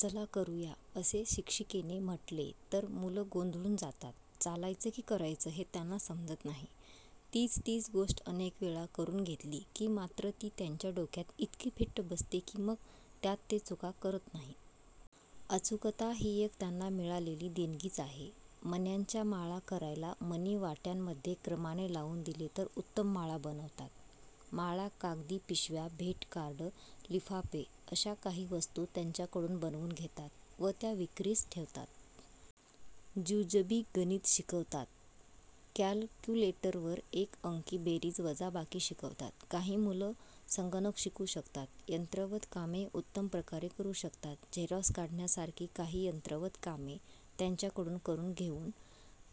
चल करूया असे शिक्षिकेने म्हटले तर मुलं गोंधळून जातात, चालायचं की करायचं हे त्यांना समजत नाही. तीच तीच गोष्ट अनेकवेळा करून घेतली की मात्र ती त्यांच्या डोक्यात इतकी फिट्ट बसते की मग त्यात ते चुका करत नाही. अचूकता ही एक त्यांना मिळालेली देणगीच आहे. मण्यांच्या माळा करायला मणी वाट्यांमध्ये क्रमाने लावून दिले तर उत्तम माळा बनवतात. माळा, कागदी पिशव्या, भेटकार्ड, लिफाफे अश्या काही वस्तू त्यांच्याकडून बनवून घेतात व त्या विक्रीस ठेवतात. जुजबी गणित शिकवतात. कॅलक्युलेटरवर एक अंकी बेरीज वजाबाकी शिकवतात. काही मुलं संगणक शिकू शकतात. यंत्रवत कामे उत्तम प्रकारे करू शकतात. झेरॉक्स काढण्यासारखी काही यंत्रवत कामे त्यांच्याकडून करून घेऊन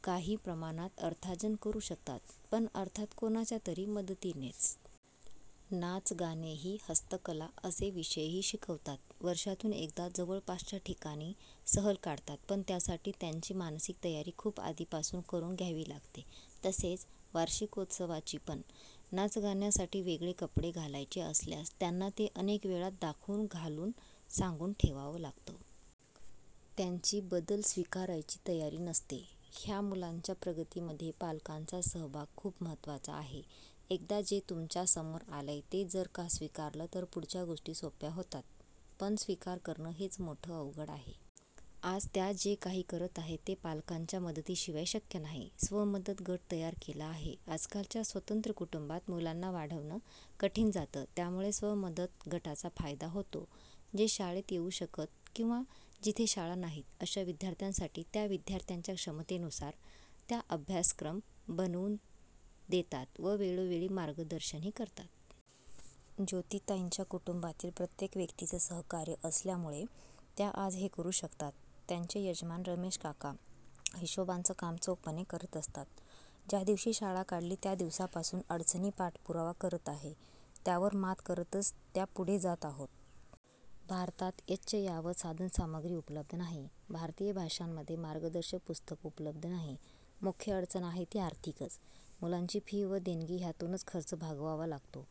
काही प्रमाणात अर्थाजन करू शकतात पण अर्थात कोणाच्या तरी मदतीनेच. नाच, गाणेही, हस्तकला असे विषयही शिकवतात. वर्षातून एकदा जवळपासच्या ठिकाणी सहल काढतात पण त्यासाठी त्यांची मानसिक तयारी खूप आधीपासून करून घ्यावी लागते. तसेच वार्षिकोत्सवाची पण. नाचगाण्यासाठी वेगळे कपडे घालायचे असल्यास त्यांना ते अनेकवेळा दाखवून, घालून, सांगून ठेवावं लागतं. त्यांची बदल स्वीकारायची तयारी नसते. ह्या मुलांच्या प्रगतीमध्ये पालकांचा सहभाग खूप महत्त्वाचा आहे. एकदा जे तुमच्या समोर आलंय ते जर का स्वीकारलं तर पुढच्या गोष्टी सोप्या होतात पण स्वीकार करणं हेच मोठं अवघड आहे. आज त्या जे काही करत आहेत ते पालकांच्या मदतीशिवाय शक्य नाही. स्वमदत गट तयार केला आहे. आजकालच्या स्वतंत्र कुटुंबात मुलांना वाढवणं कठीण जातं त्यामुळे स्वमदत गटाचा फायदा होतो. जे शाळेत येऊ शकत किंवा जिथे शाळा नाहीत अश्या विद्यार्थ्यांसाठी त्या विद्यार्थ्याच्या क्षमतेनुसार त्या अभ्यासक्रम बनवून देतात व वेळोवेळी मार्गदर्शनही करतात. ज्योतीताईंच्या कुटुंबातील प्रत्येक व्यक्तीचं सहकार्य असल्यामुळे त्या आज हे करू शकतात. त्यांचे यजमान रमेशकाका हिशोबाचं कामं चोखपणे करत असतात. ज्या दिवशी शाळा काढली त्या दिवसापासून अडचणी पाठपुरावा करत आहे. त्यावर मात करतच त्या पुढे जात आहोत. भारतात यच्चयावत साधनसामग्री उपलब्ध नाही. भारतीय भाषांमध्ये मार्गदर्शक पुस्तकं उपलब्ध नाही. मुख्य अडचण आहे ती आर्थिकच. मुलांची फी व देणगी ह्यातूनच खर्च भागवावा लागतो.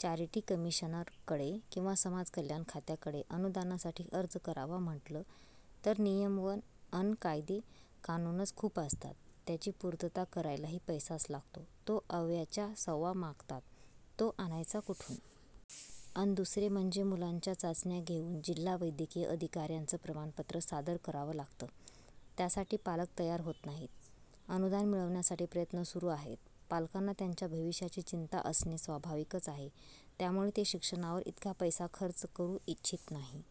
चॅरिटी कमिशनरकडे किंवा समाज कल्याण खात्याकडे अनुदानासाठी अर्ज करावा म्हटलं तर नियम अन कायदेकानूनच खूप असतात त्याची पूर्तता करायलाही पैसाच लागतो, तो अव्वाच्या सव्वा मागतात तो आणायचा कुठून. अन दुसरे म्हणजे मुलांच्या चाचण्या घेऊन जिल्हा वैद्यकीय अधिकाऱ्याचं प्रमाणपत्र सादर करावं लागतं त्यासाठी पालक तयार होत नाहीत. अनुदान मिळवण्यासाठी प्रयत्न सुरू आहेत. पालकांना त्यांच्या भविष्याची चिंता असणे स्वाभाविकच आहे त्यामुळे ते शिक्षणावर इतका पैसा खर्च करू इच्छित नाही.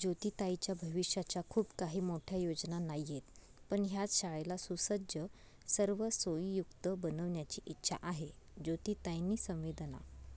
ज्योतीताईंच्या भविष्याच्या खूप काही मोठ्या योजना नाहीयेत पण ह्याच शाळेला सुसज्ज, सर्व सोयींयुक्त बनवण्याची इच्छा आहे. ज्योतीताईंनी संवेदना